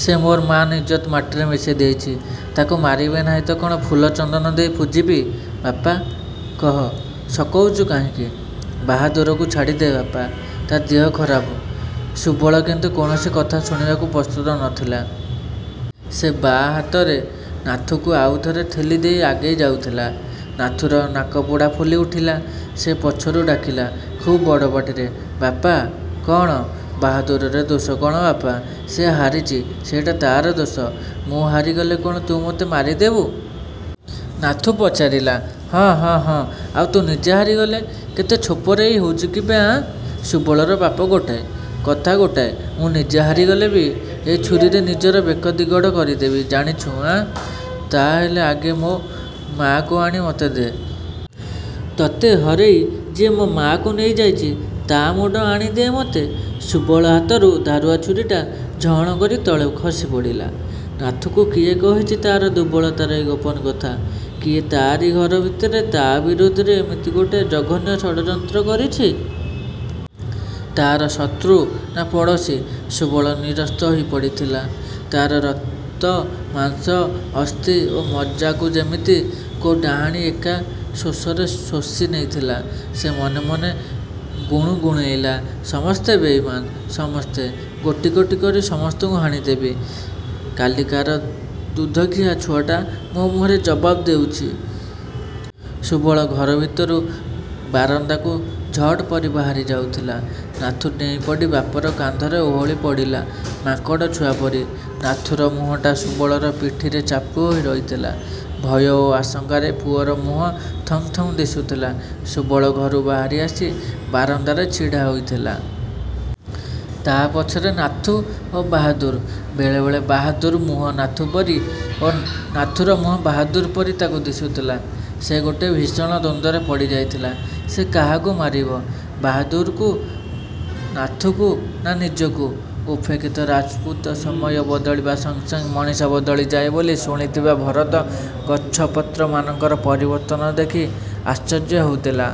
"ସେ ମୋର ମାନ ଇଜ୍ଜତ ମାଟିରେ ମିଶେଇ ଦେଇଛି। ତାକୁ ମାରିବି ନାହିଁ ତ କଣ ଫୁଲ ଚନ୍ଦନ ଦେଇ ପୂଜିବି?" "ବାପା!" "କହ। ସକଉଛୁ କାହିଁକି?" "ବାହାଦୁରକୁ ଛାଡ଼ିଦେ ବାପା। ତା ଦିହ ଖରାପ।" ସୁବଳ କିନ୍ତୁ କୌଣସି କଥା ଶୁଣିବାକୁ ପ୍ରସ୍ତୁତ ନଥିଲା। ସେ ବାଁ ହାତରେ ନାଥୁକୁ ଆଉ ଥରେ ଠେଲିଦେଇ ଆଗେଇ ଯାଉଥିଲା। ନାଥୁର ନାକପୁଡ଼ା ଫୁଲି ଉଠିଲା। ସେ ପଛରୁ ଡାକିଲା, ଖୁବ୍ ବଡ଼ ପାଟିରେ, "ବାପା!" "କଣ?" "ବାହାଦୁରର ଦୋଷ କଣ ବାପା?" "ସେ ହାରିଛି। ସେଇଟା ତାର ଦୋଷ।" "ମୁଁ ହାରିଗଲେ କଣ ତୁ ମୋତେ ମାରିଦେବୁ?" ନାଥୁ ପଚାରିଲା। "ହଁ, ହଁ, ହଁ।" "ଆଉ ତୁ ନିଜେ ହାରିଗଲେ?" "କେତେ ଛୋପରେଇ ହେଉଛି କିବେ, ଆଁ!" ସୁବଳର ବାପ ଗୋଟାଏ, କଥା ଗୋଟାଏ। "ମୁଁ ନିଜେ ହାରିଗଲେ ବି ଏଇ ଛୁରୀରେ ନିଜର ବେକ ଦିଗଡ଼ କରିଦେବି। ଜାଣିଛୁ, ଆଁ!" "ତାହାହେଲେ ଆଗେ ମୋ ମାଆକୁ ଆଣି ମୋତେ ଦେ। ତୋତେ ହରେଇ ଯିଏ ମୋ ମାଆକୁ ନେଇଯାଇଛି ତା ମୁଣ୍ଡ ଆଣି ଦେ ମୋତେ" ସୁବଳ ହାତରୁ ଧାରୁଆ ଛୁରୀଟା ଝଣ୍ କରି ତଳେ ଖସିପଡ଼ିଲା। ନାଥୁକୁ କିଏ କହିଛି ତାର ଦୁର୍ବଳତାର ଏ ଗୋପନ କଥା? କିଏ ତାରି ଘର ଭିତରେ ତା ବିରୋଧରେ ଏମିତି ଗୋଟେ ଜଘନ୍ୟ ଷଡ୍ଯନ୍ତ୍ର କରିଛି? ତାର ଶତ୍ରୁ ନା ପଡ଼ୋଶୀ? ସୁବଳ ନିରସ୍ତ ହୋଇପଡ଼ିଥିଲା। ତାର ରକ୍ତ, ମାଂସ, ଅସ୍ଥି ଓ ମଜ୍ଜାକୁ ଯେମିତି କୋଉ ଡାଆଣୀ ଏକା ଶୋଷରେ ଶୋଷି ନେଇଥିଲା। ସେ ମନେ ମନେ ଗୁଣୁଗୁଣେଇଲା, 'ସମସ୍ତେ ବେଇମାନ୍। ସମସ୍ତେ। ଗୋଟି ଗୋଟି କରି ସମସ୍ତଙ୍କୁ ହାଣିଦେବ। କାଲିକାର ଦୁଧଖିଆ ଛୁଆଟା ମୋ ମୁହଁରେ ଜବାବ ଦେଉଛି!' ସୁବଳ ଘର ଭିତରୁ ବାରନ୍ଦାକୁ ଝଡ଼ ପରି ବାହାରି ଯାଉଥିଲା। ନାଥୁ ଡେଇଁପଡ଼ି ବାପର କାନ୍ଧରେ ଓହଳିପଡ଼ିଲା ମାଙ୍କଡ଼ ଛୁଆ ପରି। ନାଥୁର ମୁହଁଟା ସୁବଳର ପିଠିରେ ଚାପି ହୋଇ ରହିଥିଲା। ଭୟ ଓ ଆଶଙ୍କାରେ ପୁଅର ମୁହଁ ଥମଥମ ଦିଶୁଥିଲା। ସୁବଳ ଘରୁ ବାହାରି ଆସି ବାରନ୍ଦାରେ ଛିଡ଼ା ହୋଇଗଲା। ତା ପଛରେ ନାଥୁ ଓ ବାହାଦୁର୍। ବେଳେବେଳେ ବାହାଦୁର୍ର ମୁହଁ ନାଥୁ ପରି ଓ ନାଥୁର ମୁହଁ ବାହାଦୁର୍ ପରି ତାକୁ ଦିଶୁଥିଲା। ସେ ଗୋଟେ ଭୀଷଣ ଦ୍ୱନ୍ଦ୍ୱରେ ପଡ଼ିଯାଇଥିଲା। ସେ କାହାକୁ ମାରିବ? ବାହାଦୁର୍କୁ? ନାଥୁକୁ? ନା ନିଜକୁ? ଉପେକ୍ଷିତ ରାଜପୁତ୍ର ସମୟ ବଦଳିବା ସଙ୍ଗେ ସଙ୍ଗେ ମଣିଷ ବଦଳିଯାଏ ବୋଲି ଶୁଣିଥିବା ଭରତ ଗଛପତ୍ରମାନଙ୍କର ପରିବର୍ତ୍ତନ ଦେଖି ଆଶ୍ଚର୍ଯ୍ୟ ହେଉଥିଲା।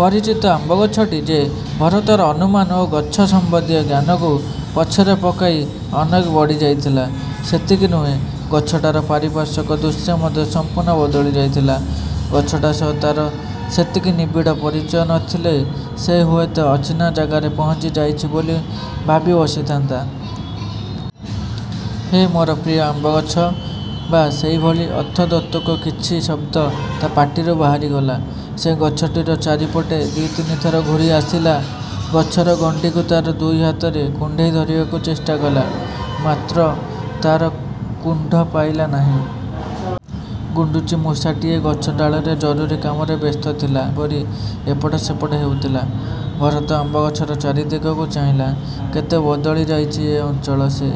ପରିଚିତ ଆମ୍ବ ଗଛଟି ଯେ ଭରତର ଅନୁମାନ ଓ ଗଛ ସମ୍ବନ୍ଧୀୟ ଜ୍ଞାନକୁ ପଛରେ ପକେଇ ଅନେକ ବଢ଼ିଯାଇଥିଲା ସେତିକି ନୁହେଁ, ଗଛଟାର ପାରିପାର୍ଶ୍ୱିକ ଦୃଶ୍ୟ ମଧ୍ୟ ସଂପୂର୍ଣ୍ଣ ବଦଳି ଯାଇଥିଲା। ଗଛଟା ସହ ତାର ସେତିକି ନିବିଡ଼ ପରିଚୟ ନଥିଲେ ସେ ହୁଏତ ଅଚିହ୍ନା ଜାଗାରେ ପହଞ୍ଚିଯାଇଛି ବୋଲି ଭାବିବସିଥାନ୍ତା। 'ହେ ମୋର ପ୍ରିୟ ଆମ୍ବଗଛ' ବା ସେହିଭଳି ଅର୍ଥଦ୍ୟୋତକ କିଛି ଶବ୍ଦ ତା ପାଟିରୁ ବାହାରିଗଲା। ସେ ଗଛଟିର ଚାରିପଟେ ଦି ତିନିଥର ଘୂରି ଆସିଲା, ଗଛର ଗଣ୍ଡିକୁ ତାର ଦୁଇ ହାତରେ କୁଣ୍ଢେଇ ଧରିବାକୁ ଚେଷ୍ଟା କଲା, ମାତ୍ର ତାର କୁଣ୍ଢ ପାଇଲା ନାହିଁ। ଗୁଣ୍ଡୁଚିମୂଷାଟିଏ ଗଛ ଡାଳରେ ଜରୁରୀ କାମରେ ବ୍ୟସ୍ତ ଥିଲା ପରି ଏପଟ ସେପଟ ହେଉଥିଲା। ଭରତ ଆମ୍ବଗଛର ଚାରିଦିଗକୁ ଚାହିଁଲା। କେତେ ବଦଳିଯାଇଛି ଏ ଅଞ୍ଚଳ ସେ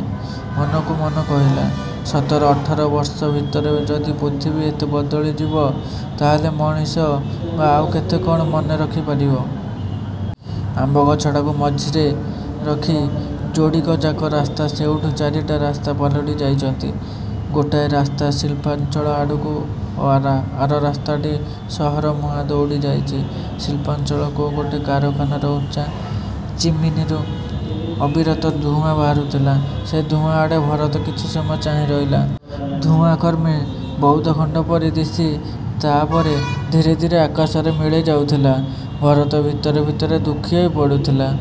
ମନକୁ ମନ କହିଲା। ସତର-ଅଠର ବର୍ଷ ଭିତରେ ଯଦି ପୃଥିବୀ ଏତେ ବଦଳିଯିବ ତାହାହେଲେ ମଣିଷ ବା ଆଉ କେତେ କଣ ମନେ ରଖିପାରିବ? ଆମ୍ବଗଛଟାକୁ ମଝିରେ ରଖି ଯୋଡ଼ିକଯାକ ରାସ୍ତା ସେଇଠୁ ଚାରିଟା ରାସ୍ତା ପାଲଟି ଯାଇଛନ୍ତି। ଗୋଟାଏ ରାସ୍ତା ଶିଳ୍ପାଞ୍ଚଳ ଆଡ଼କୁ ଓ ଆର ରାସ୍ତାଟି ସହରମୁହାଁ ଦଉଡ଼ି ଯାଇଛି। ଶିଳ୍ପାଞ୍ଚଳ କୋଉ ଗୋଟେ କାରଖାନାର ଉଚ୍ଚା ଚିମିନୀରୁ ଅବିରତ ଧୂଆଁ ବାହାରୁଥିଲା। ସେହି ଧୂଆଁ ଆଡ଼େ ଭରତ କିଛି ସମୟ ଚାହିଁ ରହିଲା। ଧୂଆଁ କ୍ରମେ ବଉଦଖଣ୍ଡ ପରି ଦିଶି ତାପରେ ଧୀରେ ଧୀରେ ଆକାଶରେ ମିଳେଇ ଯାଉଥିଲା। ଭରତ ଭିତରେ ଭିତରେ ଦୁଃଖୀ ହୋଇପଡ଼ୁଥିଲା।